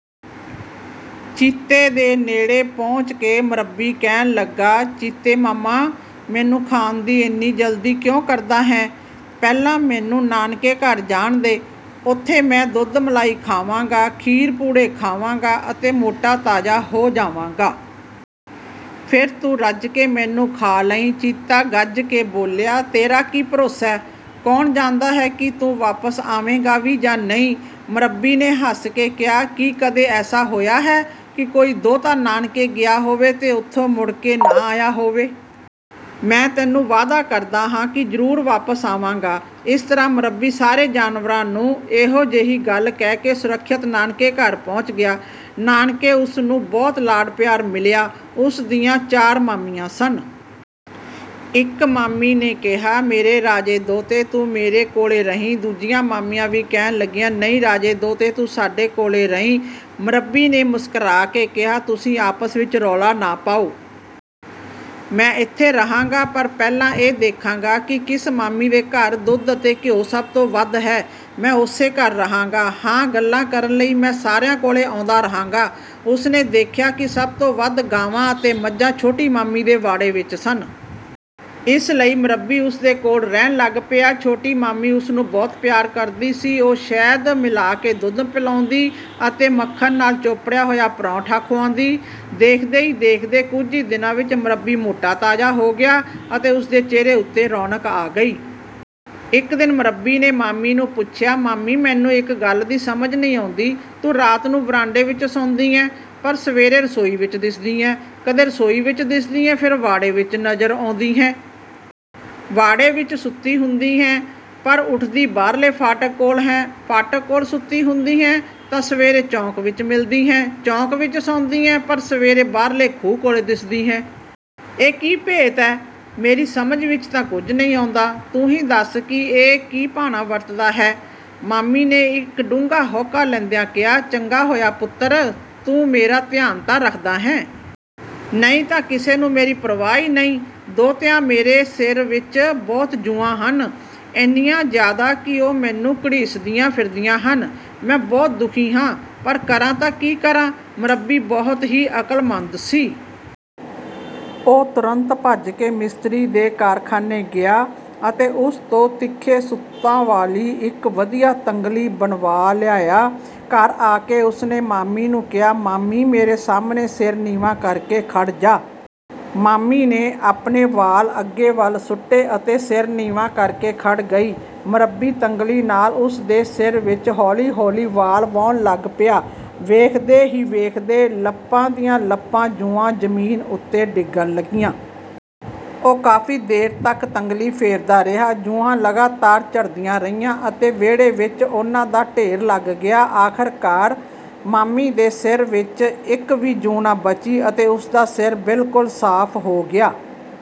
ਚੀਤੇ ਦੇ ਨੇੜੇ ਪਹੁੰਚ ਕੇ ਮਰੱਬੀ ਕਹਿਣ ਲੱਗਾ, "ਚੀਤੇ ਮਾਮਾ, ਮੈਨੂੰ ਖਾਣ ਦੀ ਇੰਨੀ ਜਲਦੀ ਕਿਉਂ ਕਰਦਾ ਹੈਂ? ਪਹਿਲਾਂ ਮੈਨੂੰ ਨਾਨਕੇ ਘਰ ਜਾਣ ਦੇ। ਉੱਥੇ ਮੈਂ ਦੁੱਧ-ਮਲਾਈ ਖਾਵਾਂਗਾ, ਖੀਰ-ਪੂੜੇ ਖਾਵਾਂਗਾ ਅਤੇ ਮੋਟਾ-ਤਾਜ਼ਾ ਹੋ ਜਾਵਾਂਗਾ। ਫਿਰ ਤੂੰ ਰੱਜ ਕੇ ਮੈਨੂੰ ਖਾ ਲਈਂ।" ਚੀਤਾ ਗੱਜ ਕੇ ਬੋਲਿਆ, "ਤੇਰਾ ਕੀ ਭਰੋਸਾ? ਕੌਣ ਜਾਣਦਾ ਹੈ ਕਿ ਤੂੰ ਵਾਪਸ ਆਵੇਂਗਾ ਵੀ ਜਾਂ ਨਹੀਂ?" ਮਰੱਬੀ ਨੇ ਹੱਸ ਕੇ ਕਿਹਾ, "ਕੀ ਕਦੇ ਐਸਾ ਹੋਇਆ ਹੈ ਕਿ ਕੋਈ ਦੋਹਤਾ ਨਾਨਕੇ ਗਿਆ ਹੋਵੇ ਤੇ ਉੱਥੋਂ ਮੁੜ ਕੇ ਨਾ ਆਇਆ ਹੋਵੇ? ਮੈਂ ਤੈਨੂੰ ਵਾਅਦਾ ਕਰਦਾ ਹਾਂ ਕਿ ਜ਼ਰੂਰ ਵਾਪਸ ਆਵਾਂਗਾ।" ਇਸ ਤਰ੍ਹਾਂ ਮਰੱਬੀ ਸਾਰੇ ਜਾਨਵਰਾਂ ਨੂੰ ਇਹੋ ਜਿਹੀ ਗੱਲ ਕਹਿ ਕੇ ਸੁਰੱਖਿਅਤ ਨਾਨਕੇ ਘਰ ਪਹੁੰਚ ਗਿਆ। ਨਾਨਕੇ ਉਸ ਨੂੰ ਬਹੁਤ ਲਾਡ-ਪਿਆਰ ਮਿਲਿਆ। ਉਸ ਦੀਆਂ ਚਾਰ ਮਾਮੀਆਂ ਸਨ। ਇੱਕ ਮਾਮੀ ਨੇ ਕਿਹਾ, "ਮੇਰੇ ਰਾਜੇ ਦੋਹਤੇ, ਤੂੰ ਮੇਰੇ ਕੋਲ ਰਹੀਂ।" ਦੂਜੀਆਂ ਮਾਮੀਆਂ ਵੀ ਕਹਿਣ ਲੱਗੀਆਂ, "ਨਹੀਂ, ਰਾਜੇ ਦੋਹਤੇ, ਤੂੰ ਸਾਡੇ ਕੋਲ ਰਹੀਂ।" ਮਰੱਬੀ ਨੇ ਮੁਸਕਰਾ ਕੇ ਕਿਹਾ, "ਤੁਸੀਂ ਆਪਸ ਵਿੱਚ ਰੌਲਾ ਨਾ ਪਾਓ। ਮੈਂ ਇੱਥੇ ਰਹਾਂਗਾ, ਪਰ ਪਹਿਲਾਂ ਇਹ ਦੇਖਾਂਗਾ ਕਿ ਕਿਸ ਮਾਮੀ ਦੇ ਘਰ ਦੁੱਧ ਅਤੇ ਘਿਉ ਸਭ ਤੋਂ ਵੱਧ ਹੈ। ਮੈਂ ਉਸੇ ਘਰ ਰਹਾਂਗਾ। ਹਾਂ, ਗੱਲਾਂ ਕਰਨ ਲਈ ਮੈਂ ਸਾਰਿਆਂ ਕੋਲ ਆਉਂਦਾ ਰਹਾਂਗਾ।" ਉਸ ਨੇ ਦੇਖਿਆ ਕਿ ਸਭ ਤੋਂ ਵੱਧ ਗਾਵਾਂ ਅਤੇ ਮੱਝਾਂ ਛੋਟੀ ਮਾਮੀ ਦੇ ਵਾੜੇ ਵਿੱਚ ਸਨ। ਇਸ ਲਈ ਮਰੱਬੀ ਉਸ ਦੇ ਕੋਲ ਰਹਿਣ ਲੱਗ ਪਿਆ। ਛੋਟੀ ਮਾਮੀ ਉਸ ਨੂੰ ਬਹੁਤ ਪਿਆਰ ਕਰਦੀ ਸੀ। ਉਹ ਸ਼ਹਿਦ ਮਿਲਾ ਕੇ ਦੁੱਧ ਪਿਲਾਂਦੀ ਅਤੇ ਮੱਖਣ ਨਾਲ ਚੋਪੜਿਆ ਹੋਇਆ ਪਰੌਂਠਾ ਖੁਆਉਂਦੀ। ਦੇਖਦੇ ਹੀ ਦੇਖਦੇ ਕੁਝ ਹੀ ਦਿਨਾਂ ਵਿੱਚ ਮਰੱਬੀ ਮੋਟਾ-ਤਾਜ਼ਾ ਹੋ ਗਿਆ ਅਤੇ ਉਸ ਦੇ ਚਿਹਰੇ ਉੱਤੇ ਰੌਣਕ ਆ ਗਈ। ਇੱਕ ਦਿਨ ਮਰੱਬੀ ਨੇ ਮਾਮੀ ਨੂੰ ਪੁੱਛਿਆ, "ਮਾਮੀ, ਮੈਨੂੰ ਇੱਕ ਗੱਲ ਦੀ ਸਮਝ ਨਹੀਂ ਆਉਂਦੀ। ਤੂੰ ਰਾਤ ਨੂੰ ਵਰਾਂਡੇ ਵਿੱਚ ਸੌਂਦੀ ਹੈਂ, ਪਰ ਸਵੇਰੇ ਰਸੋਈ ਵਿੱਚ ਦਿਸਦੀ ਹੈਂ। ਕਦੇ ਰਸੋਈ ਵਿੱਚ ਦਿਸਦੀ ਹੈਂ, ਫਿਰ ਵਾੜੇ ਵਿੱਚ ਨਜ਼ਰ ਆਉਂਦੀ ਹੈਂ। ਵਾੜੇ ਵਿੱਚ ਸੁੱਤੀ ਹੁੰਦੀ ਹੈਂ, ਪਰ ਉੱਠਦੀ ਬਾਹਰਲੇ ਫਾਟਕ ਕੋਲ ਹੈਂ। ਫਾਟਕ ਕੋਲ ਸੁੱਤੀ ਹੁੰਦੀ ਹੈਂ, ਤਾਂ ਸਵੇਰੇ ਚੌਂਕ ਵਿੱਚ ਮਿਲਦੀ ਹੈਂ। ਚੌਂਕ ਵਿੱਚ ਸੌਂਦੀ ਹੈਂ, ਪਰ ਸਵੇਰੇ ਬਾਹਰਲੇ ਖੂਹ ਕੋਲ ਦਿਸਦੀ ਹੈਂ। ਇਹ ਕੀ ਭੇਤ ਹੈ? ਮੇਰੀ ਸਮਝ ਵਿੱਚ ਤਾਂ ਕੁਝ ਨਹੀਂ ਆਉਂਦਾ। ਤੂੰ ਹੀ ਦੱਸ ਕਿ ਇਹ ਕੀ ਭਾਣਾ ਵਰਤਦਾ ਹੈ?"ਮਾਮੀ ਨੇ ਇੱਕ ਡੂੰਘਾ ਹਉਕਾ ਲੈਂਦਿਆਂ ਕਿਹਾ, "ਚੰਗਾ ਹੋਇਆ ਪੁੱਤਰ, ਤੂੰ ਮੇਰਾ ਧਿਆਨ ਤਾਂ ਰੱਖਦਾ ਹੈਂ। ਨਹੀਂ ਤਾਂ ਕਿਸੇ ਨੂੰ ਮੇਰੀ ਪਰਵਾਹ ਹੀ ਨਹੀਂ। ਦੋਹਤਿਆ, ਮੇਰੇ ਸਿਰ ਵਿੱਚ ਬਹੁਤ ਜੂੰਆਂ ਹਨ। ਇੰਨੀਆਂ ਜ਼ਿਆਦਾ ਕਿ ਉਹ ਮੈਨੂੰ ਘੜੀਸਦੀਆਂ ਫਿਰਦੀਆਂ ਹਨ। ਮੈਂ ਬਹੁਤ ਦੁਖੀ ਹਾਂ, ਪਰ ਕਰਾਂ ਤਾਂ ਕੀ ਕਰਾਂ?" ਮਰੱਬੀ ਬਹੁਤ ਹੀ ਅਕਲਮੰਦ ਸੀ। ਉਹ ਤੁਰੰਤ ਭੱਜ ਕੇ ਮਿਸਤਰੀ ਦੇ ਕਾਰਖਾਨੇ ਗਿਆ ਅਤੇ ਉਸ ਤੋਂ ਤਿੱਖੇ ਸੁਤਾਂ ਵਾਲੀ ਇੱਕ ਵਧੀਆ ਤੰਗਲੀ ਬਣਵਾ ਲਿਆਇਆ। ਘਰ ਆ ਕੇ ਉਸ ਨੇ ਮਾਮੀ ਨੂੰ ਕਿਹਾ, "ਮਾਮੀ, ਮੇਰੇ ਸਾਹਮਣੇ ਸਿਰ ਨੀਵਾਂ ਕਰਕੇ ਖੜ੍ਹ ਜਾ।" ਮਾਮੀ ਨੇ ਆਪਣੇ ਵਾਲ ਅੱਗੇ ਵੱਲ ਸੁੱਟੇ ਅਤੇ ਸਿਰ ਨੀਵਾਂ ਕਰਕੇ ਖੜ੍ਹ ਗਈ। ਮਰੱਬੀ ਤੰਗਲੀ ਨਾਲ ਉਸ ਦੇ ਸਿਰ ਵਿੱਚ ਹੌਲੀ-ਹੌਲੀ ਵਾਲ ਵਾਹੁਣ ਲੱਗ ਪਿਆ। ਵੇਖਦੇ ਹੀ ਵੇਖਦੇ ਲੱਪਾਂ ਦੀਆਂ ਲੱਪਾਂ ਜੂੰਆਂ ਜ਼ਮੀਨ ਉੱਤੇ ਡਿੱਗਣ ਲੱਗੀਆਂ। ਉਹ ਕਾਫ਼ੀ ਦੇਰ ਤੱਕ ਤੰਗਲੀ ਫੇਰਦਾ ਰਿਹਾ। ਜੂੰਆਂ ਲਗਾਤਾਰ ਝੜਦੀਆਂ ਰਹੀਆਂ ਅਤੇ ਵਿਹੜੇ ਵਿੱਚ ਉਨ੍ਹਾਂ ਦਾ ਢੇਰ ਲੱਗ ਗਿਆ। ਆਖ਼ਰਕਾਰ ਮਾਮੀ ਦੇ ਸਿਰ ਵਿੱਚ ਇੱਕ ਵੀ ਜੂੰਅ ਨਾ ਬਚੀ ਅਤੇ ਉਸ ਦਾ ਸਿਰ ਬਿਲਕੁਲ ਸਾਫ਼ ਹੋ ਗਿਆ।